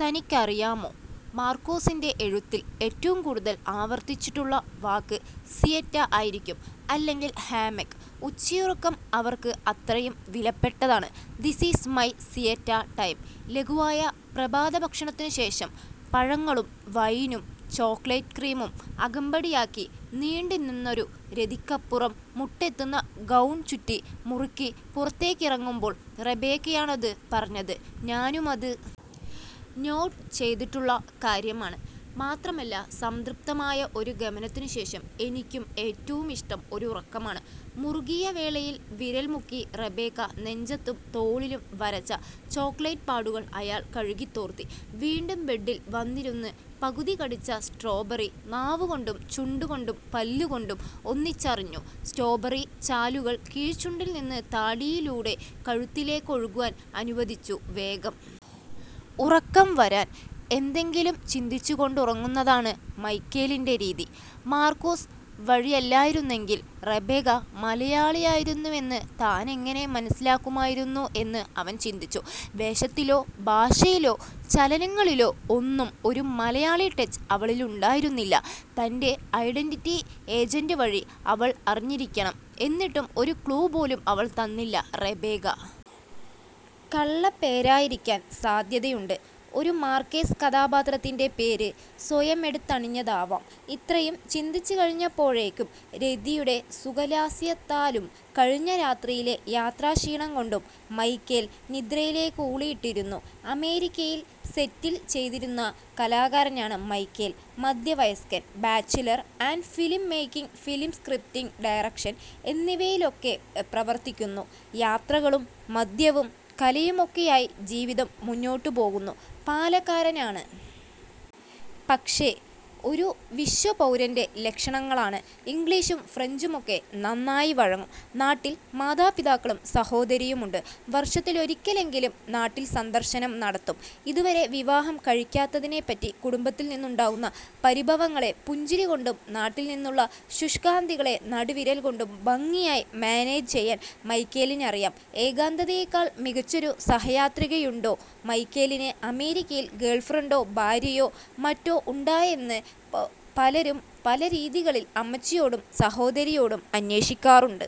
തനിക്കറിയാമോ? മാർക്കേസിന്റെ എഴുത്തിൽ ഏറ്റവും കൂടുതൽ ആവർത്തിച്ചിട്ടുള്ള വാക്ക് സീയസ്റ്റ ആയിരിക്കും. അല്ലെങ്കിൽ ഹാമക്ക്. ഉച്ചയുറക്കം അവർക്ക് അത്രയും വിലപ്പെട്ടതാണ്. ദിസ് ഈസ് മൈ സീയസ്റ്റ ടൈം.ലഘുവായ പ്രഭാതഭക്ഷണത്തിനു ശേഷം പഴങ്ങളും വൈനും ചോക്ളേറ്റ് ക്രീമും അകമ്പടിയാക്കി നീണ്ടുനിന്നൊരു രതിക്കപ്പുറം മുട്ടെത്തുന്ന ഗൗൺ ചുറ്റി മുറിക്കു പുറത്തേക്കിറങ്ങുമ്പോൾ റബേക്കയാണതു പറഞ്ഞത്. ഞാനുമതു നോട്ട് ചെയ്തിട്ടുള്ള കാര്യമാണ്. മാത്രമല്ല, സംതൃപ്തമായ ഒരു ഗമനത്തിനു ശേഷം എനിക്കും ഏറ്റവുമിഷ്ടം ഒരുറക്കമാണ്. മുറുകിയ വേളയിൽ വിരൽ മുക്കി റബേക്ക നെഞ്ചത്തും തോളിലും വരച്ച ചോക്കളേറ്റ് പാടുകൾ അയാൾ കഴുകിത്തോർത്തി. വീണ്ടും ബെഡിൽ വന്നിരുന്ന് പകുതി കടിച്ച സ്ട്രോബറി നാവുകൊണ്ടും ചുണ്ടുകൊണ്ടും പല്ലുകൊണ്ടും ഒന്നിച്ചറിഞ്ഞു. സ്ട്രോബറി ചാലുകൾ കീഴ്ച്ചുണ്ടിൽനിന്ന് താടിയിലൂടെ കഴുത്തിലേക്കൊഴുകാൻ അനുവദിച്ചു. വേഗം ഉറക്കം വരാൻ എന്തെങ്കിലും ചിന്തിച്ചുകൊണ്ടുറങ്ങുന്നതാണു മൈക്കേലിന്റെ രീതി. മാർക്കേസ് വഴിയല്ലായിരുന്നെങ്കിൽ റബേക്ക മലയാളിയായിരുന്നെന്ന് താനെങ്ങനെ മനസ്സിലാക്കുമായിരുന്നു എന്ന് അവൻ ചിന്തിച്ചു. വേഷത്തിലോ ഭാഷയിലോ ചലനങ്ങളിലോ ഒന്നും ഒരു മലയാളി ടച്ച് അവളിലുണ്ടായിരുന്നില്ല. തന്റെ ഐഡന്റിറ്റി ഏജന്റ് വഴി അവൾ അറിഞ്ഞിരിക്കണം. എന്നിട്ടും ഒരു ക്ലൂ പോലും അവൾ തന്നില്ല. റബേക്ക കള്ളപ്പേരായിരിക്കാൻ സാധ്യതയുണ്ട്. ഒരു മാർക്കേസ് കഥാപാത്രത്തിന്റെ പേര് സ്വയമെടുത്തണിഞ്ഞതാവാം. ഇത്രയും ചിന്തിച്ചുകഴിഞ്ഞപ്പോഴേക്കും രതിയുടെ സുഖാലസ്യത്താലും കഴിഞ്ഞ രാത്രിയിലെ യാത്രാക്ഷീണംകൊണ്ടും മൈക്കേൽ നിദ്രയിലേക്കൂളിയിട്ടിരുന്നു. അമേരിക്കയിൽ സെറ്റിൽ ചെയ്തിരിന്ന കലാകാരനാണ് മൈക്കേൽ. മധ്യവയസ്കൻ. Bachelor. Ad film making, film scripting, direction എന്നിവയിലൊക്കെ പ്രവർത്തിക്കുന്നു. യാത്രകളും മദ്യവും കലയുമൊക്കെയായി ജീവിതം മുന്നോട്ടുപോകുന്നു. പാലക്കാരനാണ്, പക്ഷേ ഒരു വിശ്വപൗരന്റെ ലക്ഷണങ്ങളാണ്. ഇംഗ്ലീഷും ഫ്രഞ്ചുമൊക്കെ നന്നായി വഴങ്ങും. നാട്ടിൽ മാതാപിതാക്കളും സഹോദരിയുമുണ്ട്. വർഷത്തിലൊരിക്കലെങ്കിലും നാട്ടിൽ സന്ദർശനം നടത്തും. ഇതുവരെ വിവാഹം കഴിക്കാത്തതിനെപ്പറ്റി കുടുംബത്തിൽനിന്നുണ്ടാകുന്ന പരിഭവങ്ങളെ പുഞ്ചിരികൊണ്ടും നാട്ടിൽനിന്നുള്ള ശുഷ്കാന്തികളെ നടുവിരൽകൊണ്ടും ഭംഗിയായി മാനേജ് ചെയ്യാൻ മൈക്കേലിനറിയാം. ഏകാന്തതയേക്കാൾ മികച്ചൊരു സഹയാത്രികയുണ്ടോ. മൈക്കേലിന് അമേരിക്കയിൽ ഗേൾഫ്രണ്ടോ ഭാര്യയോ മറ്റോ ഉണ്ടോയെന്ന് പലരും പല രീതികളിൽ അമ്മച്ചിയോടും സഹോദരിയോടും അന്വേഷിക്കാറുണ്ട്.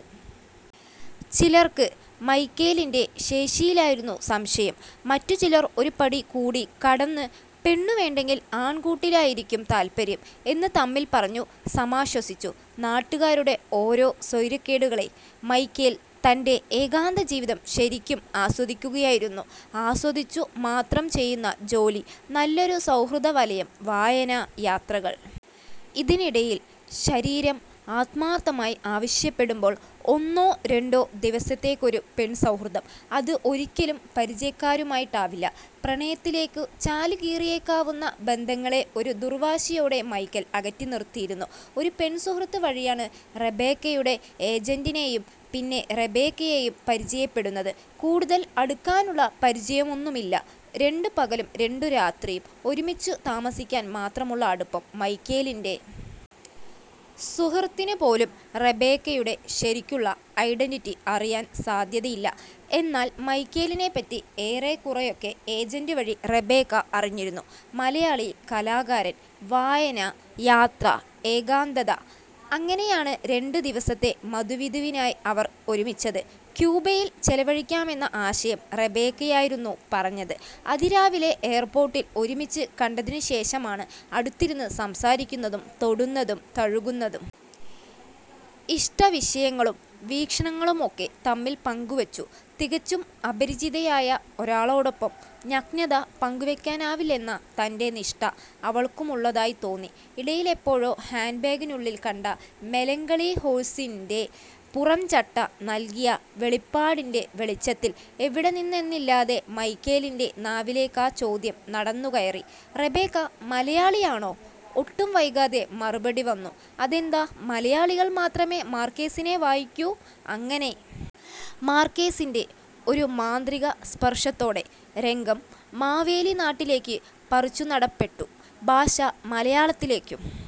ചിലർക്ക് മൈക്കേലിന്റെ ശേഷിയിലായിരുന്നു സംശയം. മറ്റു ചിലർ ഒരു പടി കൂടി കടന്ന് പെണ്ണു വേണ്ടെങ്കിൽ ആൺകൂട്ടിലായിരിക്കും താൽപര്യം എന്ന് തമ്മിൽ പറഞ്ഞു സമാശ്വസിച്ചു. നാട്ടുകാരുടെ ഓരോ സ്വൈര്യക്കേടുകളേ. മൈക്കേൽ തന്റെ ഏകാന്തജീവിതം ശരിക്കും ആസ്വദിക്കുകയായിരുന്നു. ആസ്വദിച്ചു മാത്രം ചെയ്യുന്ന ജോലി, നല്ലൊരു സൗഹൃദവലയം, വായന, യാത്രകൾ. ഇതിനിടയിൽ ശരീരം ആത്മാർത്ഥമായി ആവശ്യപ്പെടുമ്പോൾ ഒന്നോ രണ്ടോ ദിവസത്തേക്കൊരു പെൺസൗഹൃദം. അത് ഒരിക്കലും പരിചയക്കാരുമായിട്ടാവില്ല. പ്രണയത്തിലേക്കു ചാലുകീറിയേക്കാവുന്ന ബന്ധങ്ങളെ ഒരു ദുർവാശിയോടെ മൈക്കേൽ അകറ്റിനിർത്തിയിരുന്നു. ഒരു പെൺസുഹൃത്ത് വഴിയാണ് റബേക്കയുടെ ഏജന്റിനെയും പിന്നെ റബേക്കയെയും പരിചയപ്പെടുന്നത്. കൂടുതൽ അടുക്കാനുള്ള പരിചയമൊന്നുമില്ല. രണ്ടു പകലും രണ്ടു രാത്രിയും ഒരുമിച്ചു താമസിക്കാൻ മാത്രമുള്ള അടുപ്പം. മൈക്കേലിന്റെ സുഹൃത്തിനുപോലും റബേക്കയുടെ ശരിക്കുള്ള ഐഡന്റിറ്റി അറിയാൻ സാധ്യതയില്ല. എന്നാൽ മൈക്കേലിനെപ്പറ്റി ഏറെക്കുറെയൊക്കെ ഏജന്റ് വഴി റബേക്ക അറിഞ്ഞിരുന്നു. മലയാളി, കലാകാരൻ, വായന, യാത്ര, ഏകാന്തത. അങ്ങനെയാണ് രണ്ടു ദിവസത്തെ മധുവിധുവിനായി അവർ ഒരുമിച്ചത്. ക്യൂബയിൽ ചെലവഴിക്കാമെന്ന ആശയം റബേക്കയായിരുന്നു പറഞ്ഞത്. അതിരാവിലെ എയർപോർട്ടിൽ ഒരുമിച്ചു കണ്ടതിനു ശേഷമാണ് അടുത്തിരുന്ന് സംസാരിക്കുന്നതും തൊടുന്നതും തഴുകുന്നതും. ഇഷ്ടവിഷയങ്ങളും വീക്ഷണങ്ങളുമൊക്കെ തമ്മിൽ പങ്കുവെച്ചു. തികച്ചും അപരിചിതയായ ഒരാളോടൊപ്പം നഗ്നത പങ്കുവയ്ക്കാനാവില്ലെന്ന തന്റെ നിഷ്ഠ അവൾക്കുമുള്ളതായി തോന്നി. ഇടയിലെപ്പോഴോ ഹാൻഡ് ബാഗിനുള്ളിൽ കണ്ട മെലങ്കളി ഹോഴ്സിന്റെ പുറംചട്ട നൽകിയ വെളിപാടിന്റെ വെളിച്ചത്തിൽ എവിടെ നിന്നെന്നില്ലാതെ മൈക്കേലിന്റെ നാവിലേക്കാ ചോദ്യം നടന്നുകയറി. റബേക്ക മലയാളിയാണോ? ഒട്ടും വൈകാതെ മറുപടി വന്നു. അതെന്താ, മലയാളികൾ മാത്രമേ മാർക്കേസിനെ വായിക്കൂ. അങ്ങനെ മാർക്കേസിന്റെ ഒരു മാന്ത്രിക സ്പർശത്തോടെ രംഗം മാവേലി നാട്ടിലേക്കു പറിച്ചുനടപ്പെട്ടു. ഭാഷ മലയാളത്തിലേക്കും.